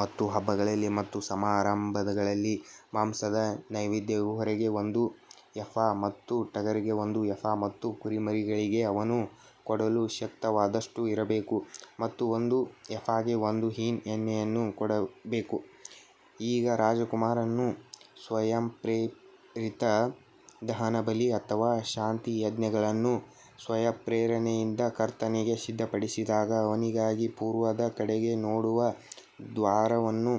ಮತ್ತು ಹಬ್ಬಗಳಲ್ಲಿ ಮತ್ತು ಸಮಾರಂಭಗಳಲ್ಲಿ ಮಾಂಸದ ನೈವೇದ್ಯವು ಹೋರಿಗೆ ಒಂದು ಎಫಾ ಮತ್ತು ಟಗರಿಗೆ ಒಂದು ಎಫಾ ಮತ್ತು ಕುರಿಮರಿಗಳಿಗೆ ಅವನು ಕೊಡಲು ಶಕ್ತವಾದಷ್ಟು ಇರಬೇಕು ಮತ್ತು ಒಂದು ಎಫಾಗೆ ಒಂದು ಹಿನ್ ಎಣ್ಣೆಯನ್ನು ಕೊಡಬೇಕು. ಈಗ ರಾಜಕುಮಾರನು ಸ್ವಯಂಪ್ರೇರಿತ ದಹನಬಲಿ ಅಥವಾ ಶಾಂತಿಯಜ್ಞಗಳನ್ನು ಸ್ವಯಂಪ್ರೇರಣೆಯಿಂದ ಕರ್ತನಿಗೆ ಸಿದ್ಧಪಡಿಸಿದಾಗ ಅವನಿಗಾಗಿ ಪೂರ್ವದ ಕಡೆಗೆ ನೋಡುವ ದ್ವಾರವನ್ನು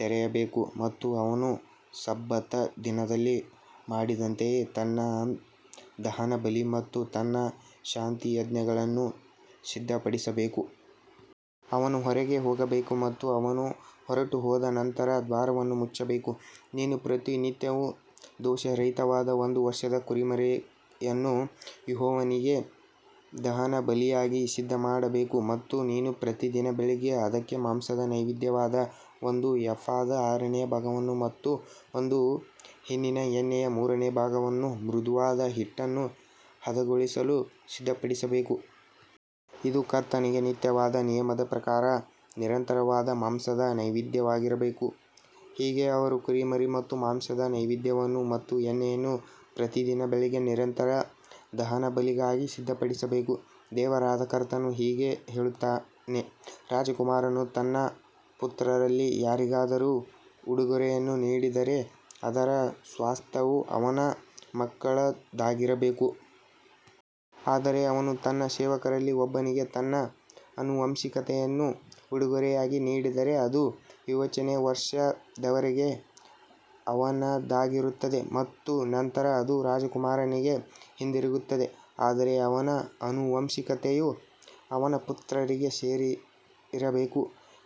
ತೆರೆಯಬೇಕು ಮತ್ತು ಅವನು ಸಬ್ಬತ್ ದಿನದಲ್ಲಿ ಮಾಡಿದಂತೆಯೇ ತನ್ನ ದಹನಬಲಿ ಮತ್ತು ತನ್ನ ಶಾಂತಿಯಜ್ಞಗಳನ್ನು ಸಿದ್ಧಪಡಿಸಬೇಕು. ಅವನು ಹೊರಗೆ ಹೋಗಬೇಕು ಮತ್ತು ಅವನು ಹೊರಟುಹೋದ ನಂತರ ದ್ವಾರವನ್ನು ಮುಚ್ಚಬೇಕು. ನೀನು ಪ್ರತಿನಿತ್ಯವೂ ದೋಷರಹಿತವಾದ ಒಂದು ವರ್ಷದ ಕುರಿಮರಿಯನ್ನು ಯೆಹೋವನಿಗೆ ದಹನಬಲಿಯಾಗಿ ಸಿದ್ಧಮಾಡಬೇಕು. ಮತ್ತು ನೀನು ಪ್ರತಿ ದಿನ ಬೆಳಿಗ್ಗೆ ಅದಕ್ಕೆ ಮಾಂಸದ ನೈವೇದ್ಯವಾಗಿ ಒಂದು ಎಫಾದ ಆರನೇ ಭಾಗವನ್ನು ಮತ್ತು ಒಂದು ಹಿನ್ನಿನ ಎಣ್ಣೆಯ ಮೂರನೇ ಭಾಗವನ್ನು ಮೃದುವಾದ ಹಿಟ್ಟನ್ನು ಹದಗೊಳಿಸಲು ಸಿದ್ಧಪಡಿಸಬೇಕು. ಇದು ಕರ್ತನಿಗೆ ನಿತ್ಯವಾದ ನಿಯಮದ ಪ್ರಕಾರ ನಿರಂತರವಾದ ಮಾಂಸದ ನೈವೇದ್ಯವಾಗಿರಬೇಕು. ಹೀಗೆ ಅವರು ಕುರಿಮರಿ ಮತ್ತು ಮಾಂಸದ ನೈವೇದ್ಯವನ್ನು ಮತ್ತು ಎಣ್ಣೆಯನ್ನು ಪ್ರತಿದಿನ ಬೆಳಿಗ್ಗೆ ನಿರಂತರ ದಹನಬಲಿಗಾಗಿ ಸಿದ್ಧಪಡಿಸಬೇಕು. ದೇವರಾದ ಕರ್ತನು ಹೀಗೆ ಹೇಳುತ್ತಾನೆ, ರಾಜಕುಮಾರನು ತನ್ನ ಪುತ್ರರಲ್ಲಿ ಯಾರಿಗಾದರೂ ಉಡುಗೊರೆಯನ್ನು ನೀಡಿದರೆ ಅದರ ಸ್ವಾಸ್ತ್ಯವು ಅವನ ಮಕ್ಕಳದ್ದಾಗಿರಬೇಕು. ಆದರೆ ಅವನು ತನ್ನ ಸೇವಕರಲ್ಲಿ ಒಬ್ಬನಿಗೆ ತನ್ನ ಆನುವಂಶಿಕತೆಯನ್ನು ಉಡುಗೊರೆಯಾಗಿ ನೀಡಿದರೆ, ಅದು ವಿಮೋಚನೆಯ ವರ್ಷದವರೆಗೆ ಅವನದಾಗಿರುತ್ತದೆ ಮತ್ತು ನಂತರ ಅದು ರಾಜಕುಮಾರನಿಗೆ ಹಿಂದಿರುಗುತ್ತದೆ. ಆದರೆ ಅವನ ಆನುವಂಶಿಕತೆಯು ಅವನ ಪುತ್ರರಿಗೆ ಸೇರಿರಬೇಕು.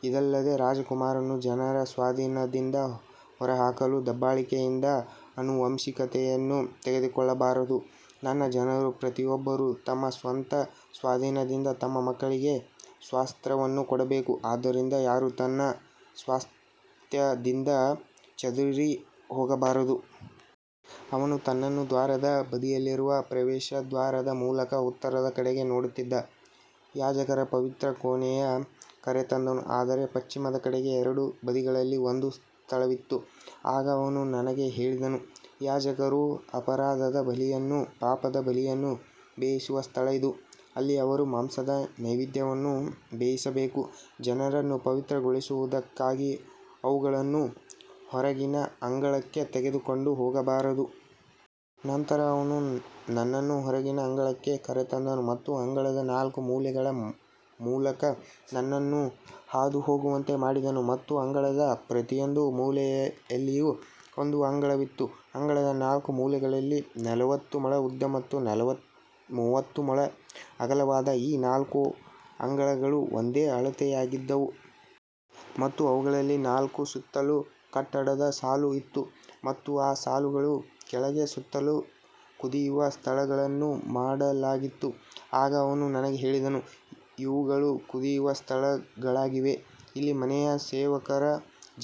ಇದಲ್ಲದೆ ರಾಜಕುಮಾರನು ಜನರ ಸ್ವಾಧೀನದಿಂದ ಹೊರಹಾಕಲು ದಬ್ಬಾಳಿಕೆಯಿಂದ ಆನುವಂಶಿಕತೆಯನ್ನು ತೆಗೆದುಕೊಳ್ಳಬಾರದು. ನನ್ನ ಜನರು ಪ್ರತಿಯೊಬ್ಬರೂ ತಮ್ಮ ಸ್ವಂತ ಸ್ವಾಧೀನದಿಂದ ತಮ್ಮ ಮಕ್ಕಳಿಗೆ ಸ್ವಾಸ್ತ್ಯವನ್ನು ಕೊಡಬೇಕು, ಆದ್ದರಿಂದ ಯಾರೂ ತನ್ನ ಸ್ವಾಸ್ತ್ಯದಿಂದ ಚದುರಿಹೋಗಬಾರದು. ಅವನು ನನ್ನನ್ನು ದ್ವಾರದ ಬದಿಯಲ್ಲಿರುವ ಪ್ರವೇಶದ್ವಾರದ ಮೂಲಕ ಉತ್ತರದ ಕಡೆಗೆ ನೋಡುತ್ತಿದ್ದ ಯಾಜಕರ ಪವಿತ್ರ ಕೋಣೆಗೆ ಕರೆತಂದನು. ಅದರ ಪಶ್ಚಿಮದ ಕಡೆಗೆ ಎರಡು ಬದಿಗಳಲ್ಲಿ ಒಂದು ಸ್ಥಳವಿತ್ತು. ಆಗ ಅವನು ನನಗೆ ಹೇಳಿದನು, ಯಾಜಕರು ಅಪರಾಧದ ಬಲಿಯನ್ನೂ ಪಾಪದ ಬಲಿಯನ್ನೂ ಬೇಯಿಸುವ ಸ್ಥಳ ಇದು. ಅಲ್ಲಿ ಅವರು ಮಾಂಸದ ನೈವೇದ್ಯವನ್ನು ಬೇಯಿಸಬೇಕು, ಜನರನ್ನು ಪವಿತ್ರಗೊಳಿಸುವುದಕ್ಕಾಗಿ ಅವುಗಳನ್ನು ಹೊರಗಿನ ಅಂಗಳಕ್ಕೆ ತೆಗೆದುಕೊಂಡು ಹೋಗಬಾರದು. ನಂತರ ಅವನು ನನ್ನನ್ನು ಹೊರಗಿನ ಅಂಗಳಕ್ಕೆ ಕರೆತಂದನು ಮತ್ತು ಅಂಗಳದ ನಾಲ್ಕು ಮೂಲೆಗಳ ಮೂಲಕ ನನ್ನನ್ನು ಹಾದುಹೋಗುವಂತೆ ಮಾಡಿದನು ಮತ್ತು ಅಂಗಳದ ಪ್ರತಿಯೊಂದು ಮೂಲೆಯಲ್ಲಿಯೂ ಒಂದು ಅಂಗಳವಿತ್ತು. ಅಂಗಳದ ನಾಲ್ಕು ಮೂಲೆಗಳಲ್ಲಿ ನಲವತ್ತು ಮೊಳ ಉದ್ದ ಮತ್ತು ಮೂವತ್ತು ಮೊಳ ಅಗಲವಾದ ಈ ನಾಲ್ಕು ಅಂಗಳಗಳು ಒಂದೇ ಅಳತೆಯವಾಗಿದ್ದವು. ಮತ್ತು ಅವುಗಳಲ್ಲಿ ನಾಲ್ಕೂ ಸುತ್ತಲೂ ಕಟ್ಟಡದ ಸಾಲು ಇತ್ತು ಮತ್ತು ಆ ಸಾಲುಗಳ ಕೆಳಗೆ ಸುತ್ತಲೂ ಕುದಿಯುವ ಸ್ಥಳಗಳನ್ನು ಮಾಡಲಾಗಿತ್ತು. ಆಗ ಅವನು ನನಗೆ ಹೇಳಿದನು, ಇವುಗಳು ಕುದಿಯುವ ಸ್ಥಳಗಳಾಗಿವೆ, ಅಲ್ಲಿ ಮನೆಯ ಸೇವಕರು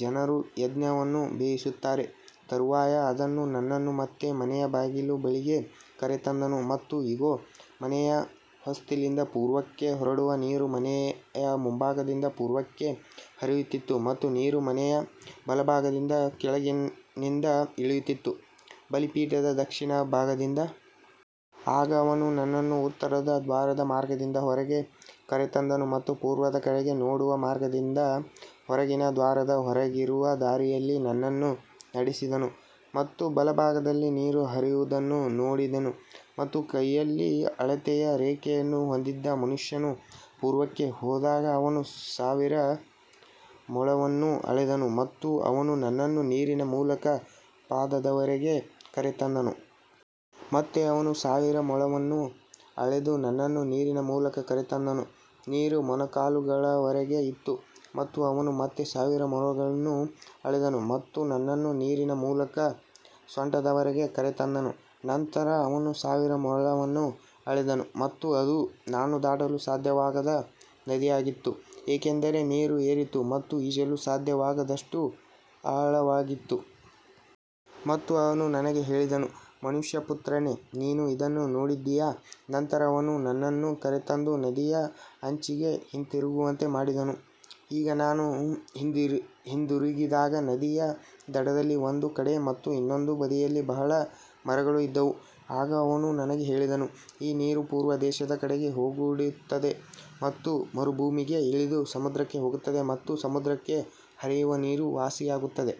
ಜನರ ಯಜ್ಞವನ್ನು ಬೇಯಿಸುತ್ತಾರೆ. ತರುವಾಯ ಅವನು ನನ್ನನ್ನು ಮತ್ತೆ ಮನೆಯ ಬಾಗಿಲ ಬಳಿಗೆ ಕರೆತಂದನು ಮತ್ತು ಇಗೋ, ಮನೆಯ ಹೊಸ್ತಿಲಿಂದ ಪೂರ್ವಕ್ಕೆ ಹೊರಡುವ ನೀರು ಮನೆಯ ಮುಂಭಾಗದಿಂದ ಪೂರ್ವಕ್ಕೆ ಹರಿಯುತ್ತಿತ್ತು ಮತ್ತು ನೀರು ಮನೆಯ ಬಲಭಾಗದಿಂದ ಕೆಳಗಿನಿಂದ ಇಳಿಯುತ್ತಿತ್ತು, ಬಲಿಪೀಠದ ದಕ್ಷಿಣ ಭಾಗದಿಂದ. ಆಗ ಅವನು ನನ್ನನ್ನು ಉತ್ತರದ ದ್ವಾರದ ಮಾರ್ಗದಿಂದ ಹೊರಗೆ ಕರೆತಂದನು ಮತ್ತು ಪೂರ್ವದ ಕಡೆಗೆ ನೋಡುವ ಮಾರ್ಗದಿಂದ ಹೊರಗಿನ ದ್ವಾರದ ಹೊರಗಿರುವ ದಾರಿಯಲ್ಲಿ ನನ್ನನ್ನು ನಡೆಸಿದನು ಮತ್ತು ಬಲಭಾಗದಲ್ಲಿ ನೀರು ಹರಿಯುವುದನ್ನು ನೋಡಿದೆನು. ಮತ್ತು ಕೈಯಲ್ಲಿ ಅಳತೆಯ ರೇಖೆಯನ್ನು ಹೊಂದಿದ್ದ ಮನುಷ್ಯನು ಪೂರ್ವಕ್ಕೆ ಹೋದಾಗ ಅವನು ಸಾವಿರ ಮೊಳವನ್ನು ಅಳೆದನು ಮತ್ತು ಅವನು ನನ್ನನ್ನು ನೀರಿನ ಮೂಲಕ ಪಾದದವರೆಗೆ ಕರೆತಂದನು. ಮತ್ತೆ ಅವನು ಸಾವಿರ ಮೊಳವನ್ನು ಅಳೆದು ನನ್ನನ್ನು ನೀರಿನ ಮೂಲಕ ಕರೆತಂದನು, ನೀರು ಮೊಣಕಾಲುಗಳವರೆಗೆ ಇತ್ತು. ಮತ್ತು ಅವನು ಮತ್ತೆ ಸಾವಿರ ಮೊಳವನ್ನು ಅಳೆದನು ಮತ್ತು ನನ್ನನ್ನು ನೀರಿನ ಮೂಲಕ ಸೊಂಟದವರೆಗೆ ಕರೆತಂದನು. ನಂತರ ಅವನು ಸಾವಿರ ಮೊಳವನ್ನು ಅಳೆದನು ಮತ್ತು ಅದು ನಾನು ದಾಟಲು ಸಾಧ್ಯವಾಗದ ನದಿಯಾಗಿತ್ತು, ಏಕೆಂದರೆ ನೀರು ಏರಿತ್ತು ಮತ್ತು ಈಜಲು ಸಾಧ್ಯವಾಗದಷ್ಟು ಆಳವಾಗಿತ್ತು. ಮತ್ತು ಅವನು ನನಗೆ ಹೇಳಿದನು, ಮನುಷ್ಯಪುತ್ರನೇ, ನೀನು ಇದನ್ನು ನೋಡಿದ್ದೀಯಾ. ನಂತರ ಅವನು ನನ್ನನ್ನು ಕರೆತಂದು ನದಿಯ ಅಂಚಿಗೆ ಹಿಂತಿರುಗುವಂತೆ ಮಾಡಿದನು. ಈಗ ನಾನು ಹಿಂದಿರುಗಿದಾಗ ನದಿಯ ದಡದಲ್ಲಿ ಒಂದು ಕಡೆ ಮತ್ತು ಇನ್ನೊಂದು ಬದಿಯಲ್ಲಿ ಬಹಳ ಮರಗಳು ಇದ್ದವು. ಆಗ ಅವನು ನನಗೆ ಹೇಳಿದನು, ಈ ನೀರು ಪೂರ್ವ ದೇಶದ ಕಡೆಗೆ ಹೊರಡುತ್ತದೆ ಮತ್ತು ಮರುಭೂಮಿಗೆ ಇಳಿದು ಸಮುದ್ರಕ್ಕೆ ಹೋಗುತ್ತದೆ ಮತ್ತು ಸಮುದ್ರಕ್ಕೆ ಹರಿಯುವ ನೀರು ವಾಸಿಯಾಗುತ್ತದೆ.